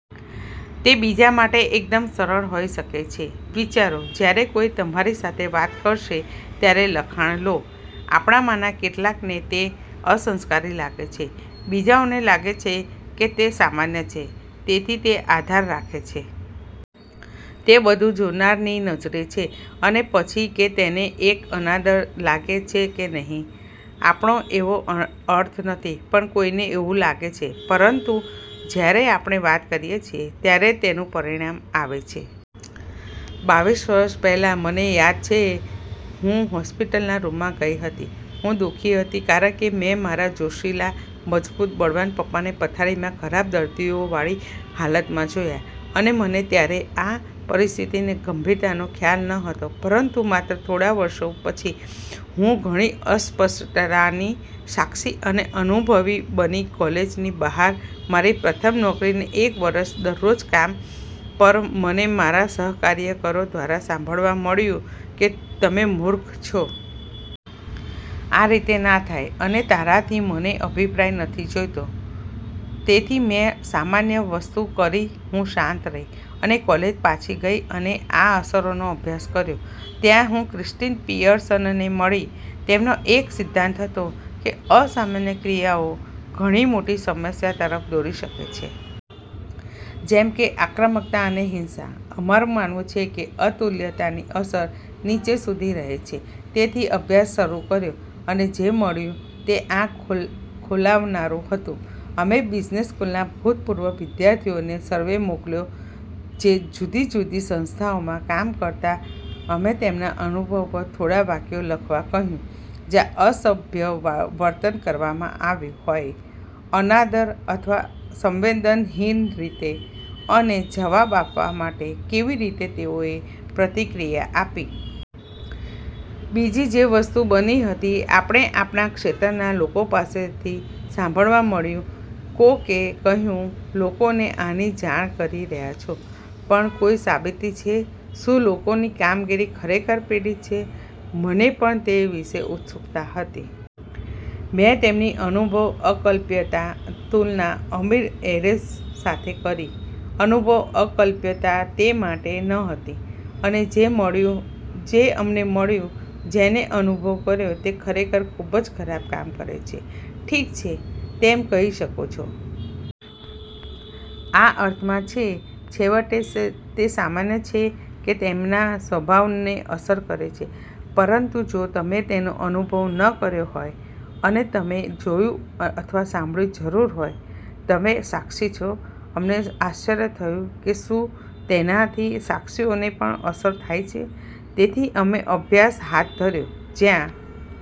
તે બીજા માટે એકદમ સરસ હોઈ શકે છે. વિચારો, જ્યારે કોઈ તમારી સાથે વાત કરશે ત્યારે લખાણ લો. આપણામાંના કેટલાકને તે અસંસ્કારી લાગે છે, બીજાઓને લાગે છે કે તે સામાન્ય છે. તેથી તે આધાર રાખે છે. તે બધું જોનારની નજરે છે અને પછી કે તેને તે અનાદર લાગે છે કે નહીં. આપણો એવો અર્થ નથી પણ કોઈને એવું લાગે છે પરંતુ જ્યારે આપણે કરીએ છીએ, ત્યારે તેનું પરિણામ આવે છે. બાવીસ વર્ષ પહેલાં, મને યાદ છે હું હોસ્પિટલના રૂમમાં ગઈ હતી. હું દુખી હતી કારણકે મે મારા જોશીલા, મજબૂત, બળવાન પપ્પાને પથરીમાં ખરાબ દર્દીઓ વાળી હાલતમાં જોયા. અને મને ત્યારે આ પરિસ્થિતિની ગંભીરતાનો ખ્યાલ ન હતો પરંતુ માત્ર થોડા વર્ષો પછી, હું ઘણી અસ્પષ્ટતા ની સાક્ષી અને અનુભવી બની કોલેજની બહાર મારી પ્રથમ નોકરી એક વરસ દરરોજ કામ પર મને મારા સહકાર્યકરો દ્વારા સાંભળવા મળ્યું કે, "તમે મૂર્ખ છો? આ રીતે ના થાય, " અને "તારાથી મને અભિપ્રાય નથી જોઈતો. " તેથી મે સામાન્ય વસ્તુ કરી હું શાંત રહી, અને કોલેજ પાછી ગઈ અને આ અસરોનો અભ્યાસ કર્યો. ત્યાં, હું ક્રિષ્ટીન પિઅર્સનને મળી તેમનો એક સિદ્ધાંત હતો, કે અસામાન્ય ક્રિયાઓ ઘણી મોટી સમસ્યા તરફ દોરી સકે છે. જેમ કે આક્રમકતા અને હિંસા. અમારું માનવું છે કે અતુલ્યતાની અસર નીચે સુધી રહે છે. તેથી અભ્યાસ શરૂ કર્યો, અને જે મળ્યું તે આંખ ખોલાવનારું હતું. અમે બિઝનેસ સ્કૂલના ભુતપૂર્વ વિધ્યાર્થીઓને સર્વે મોકલ્યો જે બધી જુદી જુદી સંસ્થાઓમાં કામ કરતાં અમે તેમના અનુભવ પર થોડા વાક્યો લખવા કહ્યું જ્યાં અસભ્ય વર્તન કરવામાં આવ્યું હોય, અનાદર અથવા સંવેદનહીન રીતે અને જવાબ આપવા માટે કેવી રીતે તેઓએ પ્રતિક્રિયા આપી. બીજી જે વસ્તુ બની હતી, આપણે આપણાં ક્ષેત્રના લોકો પાસેથી સાંભળવા મળ્યું કોકે કહ્યું, "લોકોને આની જાણ કરી રહ્યા છો, પણ કોઈ સાબિતી છે? શું લોકોની કામગીરી ખરેખર પીડિત છે? " મને પણ તે વિશે ઉત્સુકતા હતી. મે તેમની અનુભવ અકલ્પ્યતા તુલના અમીર એરેઝ સાથે કરી અનુભવ અકલ્પ્યતા તે માટે ન હતી. અને જે અમને મળ્યું જેને અનુભવ કર્યો તે ખરેખર ખુબજ ખરાબ કામ કરે છે. ઠીક છે તમે કહી શકો છો. "આ અર્થમાં છે. છેવટે, તે સામાન્ય છે કે તેમના સ્વભાવને અસર કરે છે. " પરંતુ જો તમે તેનો અનુભવ ન કર્યો હોય? અને તમે જોયું અથવા સંભાળ્યું જરૂર હોય? તમે સાક્ષી છો અમને આશ્ચર્ય થયું કે શું તેનાથી સાક્ષીઓને પણ અસર થાય છે. તેથી અમે અભ્યાસ હાથ ધર્યો જ્યાં